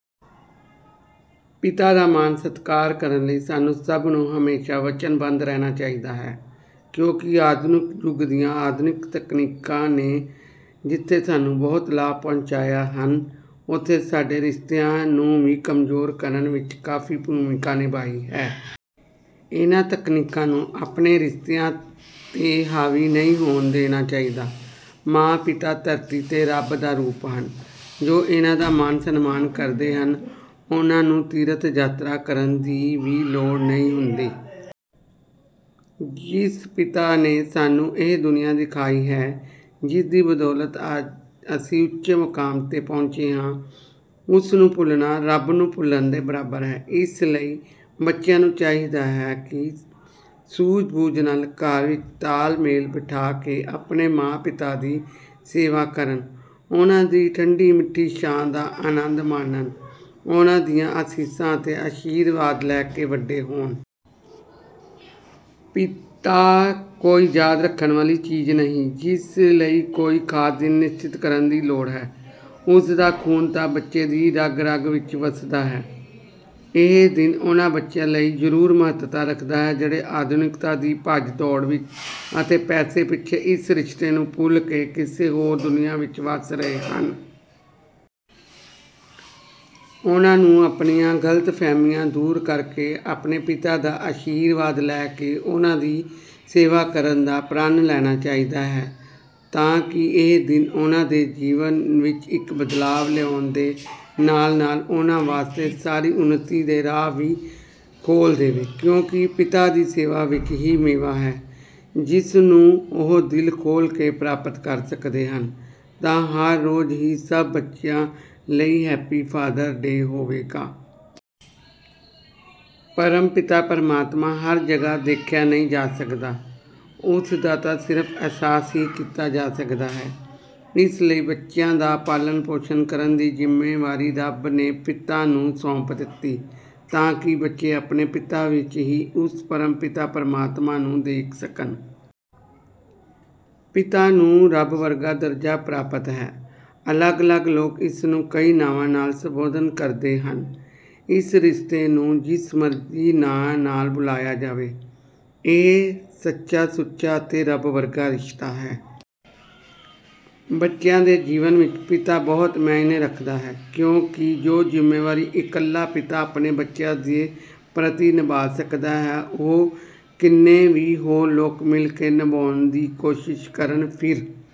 ਪਿਤਾ ਦਾ ਮਾਣ ਸਤਿਕਾਰ ਕਰਨ ਲਈ ਸਾਨੂੰ ਸਭ ਨੂੰ ਹਮੇਸ਼ਾ ਵਚਨਬੱਧ ਰਹਿਣਾ ਚਾਹੀਦਾ ਹੈ ਕਿਉਂਕਿ ਆਧੁਨਿਕ ਯੁੱਗ ਦੀਆਂ ਆਧੁਨਿਕ ਤਕਨੀਕਾਂ ਨੇ ਜਿੱਥੇ ਸਾਨੂੰ ਬਹੁਤ ਲਾਭ ਪਹੁੰਚਾਏ ਹਨ ਉੱਥੇ ਸਾਡੇ ਰਿਸ਼ਤਿਆਂ ਨੂੰ ਵੀ ਕਮਜ਼ੋਰ ਕਰਨ ਵਿੱਚ ਕਾਫੀ ਭੂਮਿਕਾ ਨਿਭਾਈ ਹੈ। ਇਨ੍ਹਾਂ ਤਕਨੀਕਾਂ ਨੂੰ ਆਪਣੇ ਰਿਸ਼ਤਿਆਂ ਤੇ ਹਾਵੀ ਨਹੀਂ ਹੋਣ ਦੇਣਾ ਚਾਹੀਦਾ। ਮਾਂ ਪਿਤਾ ਧਰਤੀ ਤੇ ਰੱਬ ਦਾ ਰੂਪ ਹਨ ਜੋ ਇਨ੍ਹਾਂ ਦਾ ਮਾਣ ਸਨਮਾਨ ਕਰਦੇ ਹਨ ਉਨ੍ਹਾਂ ਨੂੰ ਤੀਰਥ ਯਾਤਰਾ ਕਰਨ ਦੀ ਵੀ ਲੋੜ ਨਹੀਂ ਹੁੰਦੀ। ਜਿਸ ਪਿਤਾ ਨੇ ਸਾਨੂੰ ਇਹ ਦੁਨੀਆ ਦਿਖਾਈ ਹੈ ਜਿਸ ਦੀ ਬਦੌਲਤ ਅੱਜ ਅਸੀਂ ਉੱਚੇ ਮੁਕਾਮ ਤੇ ਪਹੁੰਚੇ ਹਾਂ ਉਸ ਨੂੰ ਭੁੱਲਣਾ ਰੱਬ ਨੂੰ ਭੁੱਲਣ ਦੇ ਬਰਾਬਰ ਹੈ। ਇਸ ਲਈ ਸਭ ਬੱਚਿਆਂ ਨੂੰ ਚਾਹੀਦਾ ਹੈ ਕਿ ਸੂਝ ਬੂਝ ਨਾਲ ਘਰ ਵਿੱਚ ਤਾਲਮੇਲ ਬਿਠਾ ਕੇ ਆਪਣੇ ਮਾਂ ਪਿਤਾ ਦੀ ਸੇਵਾ ਕਰਨ ਉਨ੍ਹਾਂ ਦੀ ਠੰਢੀ ਮਿੱਠੀ ਛਾਂ ਦਾ ਅਨੰਦ ਮਾਣਨ ਉਨ੍ਹਾਂ ਦੀਆਂ ਅਸੀਸਾਂ ਅਤੇ ਅਸ਼ੀਰਵਾਦ ਲੈ ਕੇ ਵੱਡੇ ਹੋਣ। ਪਿਤਾ ਕੋਈ ਯਾਦ ਰੱਖਣ ਵਾਲੀ ਚੀਜ਼ ਨਹੀਂ ਜਿਸ ਲਈ ਕੋਈ ਖਾਸ ਦਿਨ ਨਿਸ਼ਚਿਤ ਕਰਨ ਦੀ ਲੋੜ ਹੈ ਉਸ ਦਾ ਖੂਨ ਤਾਂ ਬੱਚੇ ਦੀ ਰਗ ਰਗ ਵਿੱਚ ਵਸਦਾ ਹੈ। ਇਹ ਦਿਨ ਉਨ੍ਹਾਂ ਬੱਚਿਆਂ ਲਈ ਜ਼ਰੂਰ ਮਹੱਤਤਾ ਰੱਖਦਾ ਹੈ ਜਿਹੜੇ ਆਧੁਨਿਕਤਾ ਦੀ ਭੱਜ ਦੌੜ ਵਿੱਚ ਅਤੇ ਪੈਸੇ ਪਿੱਛੇ ਇਸ ਰਿਸ਼ਤੇ ਨੂੰ ਭੁੱਲ ਕੇ ਕਿਸੇ ਹੋਰ ਦੁਨੀਆ ਵਿੱਚ ਵਸ ਰਹੇ ਹਨ। ਉਨ੍ਹਾਂ ਨੂੰ ਆਪਣੀਆਂ ਗਲਤਫਹਿਮੀਆਂ ਦੂਰ ਕਰਕੇ ਆਪਣੇ ਪਿਤਾ ਦਾ ਅਸ਼ੀਰਵਾਦ ਲੈ ਕੇ ਉਨ੍ਹਾਂ ਦੀ ਸੇਵਾ ਕਰਨ ਦਾ ਪ੍ਰਣ ਲੈਣਾ ਚਾਹੀਦਾ ਹੈ ਤਾਂ ਕਿ ਇਹ ਦਿਨ ਉਨ੍ਹਾਂ ਦੇ ਜੀਵਨ ਵਿੱਚ ਇੱਕ ਬਦਲਾਅ ਲਿਆਉਣ ਦੇ ਨਾਲ ਨਾਲ ਉਨ੍ਹਾਂ ਵਾਸਤੇ ਸਾਰੇ ਉੱਨਤੀ ਦੇ ਰਾਹ ਵੀ ਖੋਲ੍ਹ ਦੇਵੇ ਕਿਉਂਕਿ ਪਿਤਾ ਦੀ ਸੇਵਾ ਵਿੱਚ ਹੀ ਮੇਵਾ ਹੈ ਜਿਸ ਨੂੰ ਉਹ ਦਿਲ ਖੋਲ੍ਹ ਕੇ ਪ੍ਰਾਪਤ ਕਰ ਸਕਦੇ ਹਨ ਤਾਂ ਹਰ ਰੋਜ਼ ਹੀ ਸਭ ਬੱਚਿਆਂ ਲਈ ਹੈਪੀ ਫਾਦਰ ਡੇ ਹੋਵੇਗਾ। ਪਰਮ ਪਿਤਾ ਪਰਮਾਤਮਾ ਹਰ ਜਗ੍ਹਾ ਦੇਖਿਆ ਨਹੀਂ ਜਾ ਸਕਦਾ ਉਸ ਦਾ ਤਾਂ ਸਿਰਫ ਅਹਿਸਾਸ ਹੀ ਕੀਤਾ ਜਾ ਸਕਦਾ ਹੈ। ਇਸ ਲਈ ਬੱਚਿਆਂ ਦਾ ਪਾਲਣ ਪੋਸ਼ਣ ਕਰਨ ਦੀ ਜ਼ਿੰਮੇਵਾਰੀ ਰੱਬ ਨੇ ਪਿਤਾ ਨੂੰ ਸੌਂਪ ਦਿੱਤੀ ਤਾਂ ਕਿ ਬੱਚੇ ਆਪਣੇ ਪਿਤਾ ਵਿੱਚ ਹੀ ਉਸ ਪਰਮ ਪਿਤਾ ਪਰਮਾਤਮਾ ਨੂੰ ਦੇਖ ਸਕਣ। ਪਿਤਾ ਨੂੰ ਰੱਬ ਵਰਗਾ ਦਰਜਾ ਪ੍ਰਾਪਤ ਹੈ। ਅਲੱਗ ਅਲੱਗ ਲੋਕ ਇਸ ਨੂੰ ਕਈ ਨਾਵਾਂ ਨਾਲ ਸੰਬੋਧਨ ਕਰਦੇ ਹਨ। ਇਸ ਰਿਸ਼ਤੇ ਨੂੰ ਜਿਸ ਮਰਜ਼ੀ ਨਾਂ ਨਾਲ ਬੁਲਾਇਆ ਜਾਵੇ ਇਹ ਸੱਚਾ ਸੁੱਚਾ ਅਤੇ ਰੱਬ ਵਰਗਾ ਰਿਸ਼ਤਾ ਹੈ। ਬੱਚਿਆਂ ਦੇ ਜੀਵਨ ਵਿੱਚ ਪਿਤਾ ਬਹੁਤ ਮਾਅਨੇ ਰੱਖਦਾ ਹੈ ਕਿਉਂਕਿ ਜੋ ਜ਼ਿੰਮੇਵਾਰੀ ਇਕੱਲਾ ਪਿਤਾ ਆਪਣੇ ਬੱਚਿਆਂ ਦੇ ਪ੍ਰਤੀ ਨਿਭਾ ਸਕਦਾ ਹੈ ਉਹ ਕਿੰਨੇ ਵੀ ਹੋਰ ਲੋਕ ਮਿਲ ਕੇ ਨਿਭਾਉਣ ਦੀ ਕੋਸ਼ਿਸ਼ ਕਰਨ ਫਿਰ